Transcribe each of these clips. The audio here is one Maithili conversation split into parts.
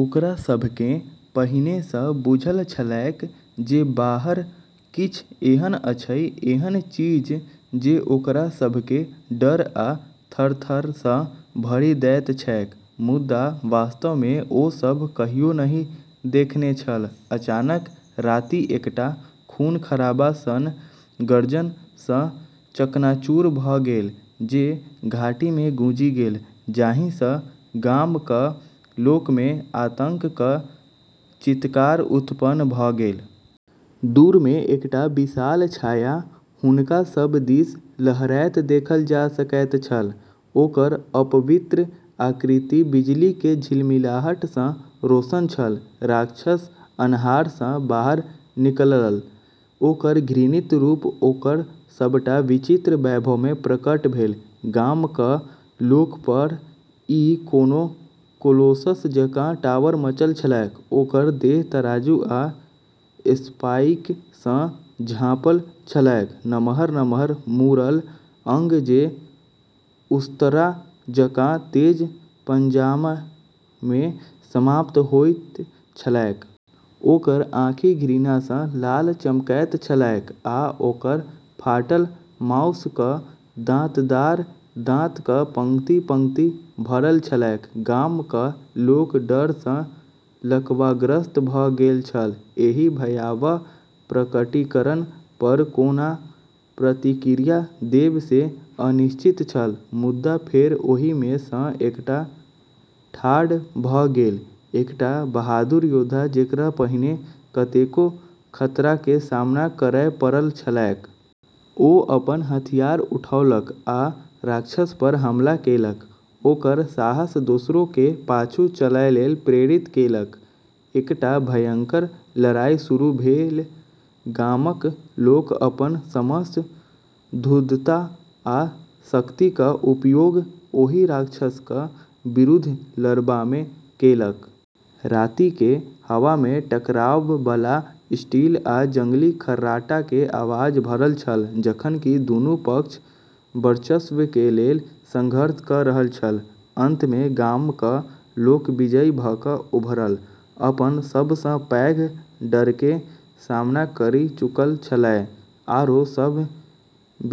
ओकरा सभकेँ पहिनेसँ बुझल छलैक जे बाहर किछ एहन अछि, एहन चीज जे ओकरा सभकेँ डर आ थरथरसँ भरि दैत छैक, मुदा वास्तवमे ओ सभ कहियो नहि देखने छल। अचानक राति एकटा खून-खराबा सन गर्जन सँ चकनाचूर भ' गेल जे घाटीमे गूँजि गेल, जाहि सँ गामक लोकमे आतंकक चीत्कार उत्पन्न भ' गेल। दूरमे एकटा विशाल छाया हुनका सब दिस लहरैत देखल जा सकैत छल, ओकर अपवित्र आकृति बिजलीके झिलमिलाहटसँ रोशन छल। राक्षस अन्हारसँ बाहर निकलल, ओकर घृणित रूप ओकर सभटा विचित्र वैभवमे प्रकट भेल। गामक लोक पर ई कोनो कोलोसस जकाँ टावर-मचल छलैक, ओकर देह तराजू आ स्पाइकसँ झाँपल छलैक, नम्हर-नम्हर मुड़ल अंग जे उस्तरा जकाँ तेज पंजामे समाप्त होइत छलैक। ओकर आँखि घृणासँ लाल चमकैत छलैक आ ओकर फाटल माउसक दाँतदार दाँतक पंक्ति-पंक्ति भरल छलैक। गामक लोक डरसँ लकवाग्रस्त भ' गेल छल, एहि भयावह प्रकटीकरण पर कोना प्रतिक्रिया देब से अनिश्चित छल। मुदा फेर, ओहिमे सँ एकटा ठाढ़ भ' गेल, एकटा बहादुर योद्धा जेकरा पहिने कतेको खतराके सामना करय पड़ल छलैक। ओ अपन हथियार उठौलक आ राक्षस पर हमला केलक, ओकर साहस दोसरोके पाछू चलय लेल प्रेरित केलक। एकटा भयंकर लड़ाइ शुरू भेल, गामक लोक अपन समस्त धूर्तता आ शक्तिक उपयोग ओहि राक्षसक विरुद्ध लड़बामे केलक। रातिके हवा में टकरावबला स्टील आ जंगली खर्राटाके आवाज भरल छल, जखन कि दुनू पक्ष वर्चस्वके लेल संघर्ष क' रहल छल। अंतमे गामक लोक विजयी भ' क' उभरल। अपन सबसँ पैघ डरके सामना करि चुकल छलै, आरो सब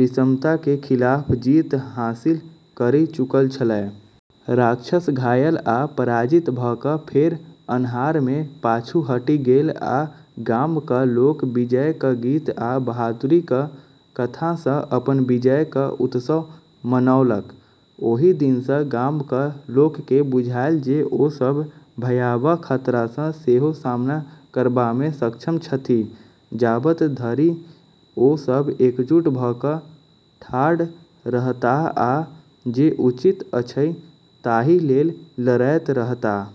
विषमताके खिलाफ जीत हासिल करि चुकल छलै। राक्षस घायल आ पराजित भ' क' फेर अन्हारमे पाछू हटि गेल आ गामक लोक विजयक गीत आ बहादुरीक कथासँ अपन विजयक उत्सव मनौलक। ओहि दिनसँ गामक लोककेँ बुझायल जे ओ सभ भयावह खतरासँ सेहो सामना करबामे सक्षम छथि, जाबत धरि ओ सब एकजुट भ' क' ठाढ़ रहताह आ जे उचित अछि ताहि लेल लड़ैत रहताह।